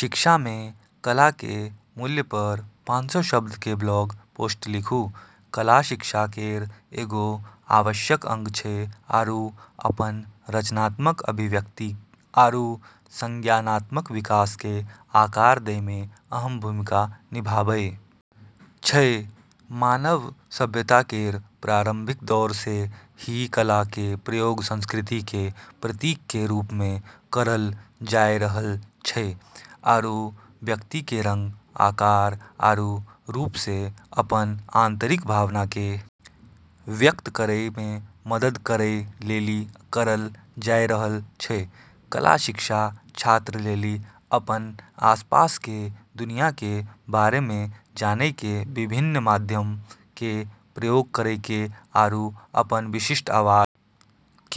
शिक्षा मे कला के मूल्य पर पानसौ शब्द के ब्लॉग पोस्ट लिखू, कला शिक्षा केरऽ एगो आवश्यक अंग छै आरू अपनऽ रचनात्मक अभिव्यक्ति आरू संज्ञानात्मक विकास के आकार दै मे अहम भूमिका निभाबै छै, मानव सभ्यता केरऽ प्रारंभिक दौर से ही कला के प्रयोग संस्कृति के प्रतीक के रूप मे करलऽ जाय रहलऽ छै आरू व्यक्ति के रंग, आकार आरू रूप से अपनऽ आंतरिक भावना के व्यक्त करै मे मदद करै लेली करलऽ जाय रहलऽ छै, कला शिक्षा छात्रऽ लेली अपनऽ आसपास के दुनिया के बारे मे जानय के विभिन्न माध्यमऽ के प्रयोग करै के आरू अपनऽ विशिष्ट आवाज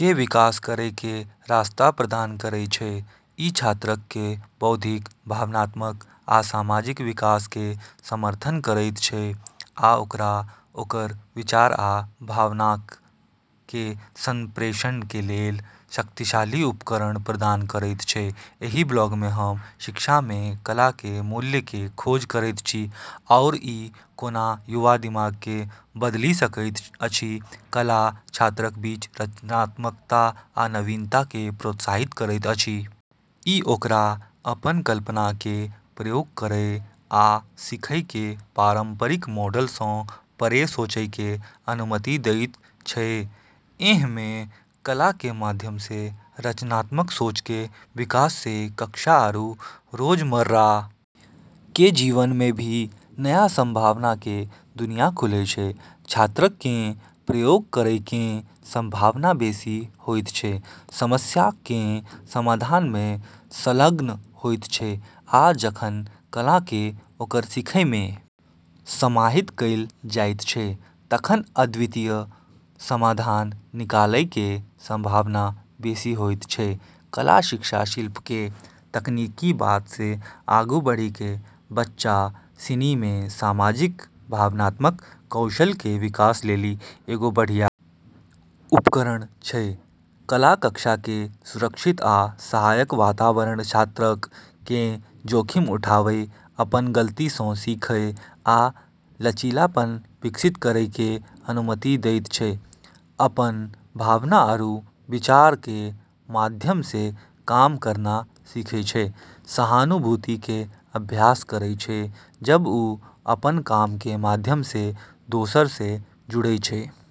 के विकास करै के रास्ता प्रदान करै छै, इ छात्रक कें बौद्धिक, भावनात्मक आ सामाजिक विकास कें समर्थन करयत छै आ ओकरा ओकर विचार आ भावनाक कें संप्रेषण कें लेल शक्तिशाली उपकरण प्रदान करयत छै, एहि ब्लॉग मे हम शिक्षा मे कला के मूल्य के खोज करैत छी आओर ई कोना युवा दिमाग के बदलि सकैत अछि, कला छात्रक बीच रचनात्मकता आ नवीनता के प्रोत्साहित करैत अछि। इ ओकरा अपन कल्पना कें प्रयोग करय आ सीखय कें पारंपरिक मॉडल सं परे सोचय कें अनुमति देयत छै, ऐन्हऽ मे कला के माध्यम से रचनात्मक सोच के विकास से कक्षा आरू रोजमर्रा के जीवन मे भी नया संभावना के दुनिया खुले छै, छात्रक कें प्रयोग करय कें संभावना बेसि होयत छै, समस्याक कें समाधान मे संलग्न होयत छै आ जखन कला कें ओकर सीखय मे समाहित कैल जायत छै तखन अद्वितीय समाधान निकालय कें संभावना बेसि होयत छै, कला शिक्षा शिल्प के तकनीकी बात से आगू बढ़ी के बच्चा सिनी मे सामाजिक-भावनात्मक कौशल के विकास लेली एगो बढ़िया उपकरण छै, कला कक्षा कें सुरक्षित आ सहायक वातावरण छात्रक कें जोखिम उठावय, अपन गलती सं सीखय आ लचीलापन विकसित करय कें अनुमति देयत छै, अपनऽ भावना आरू विचारऽ के माध्यम से काम करना सीखै छै, सहानुभूति के अभ्यास करै छै जब उ अपनऽ काम के माध्यम से दोसरऽ से जुड़ै छै।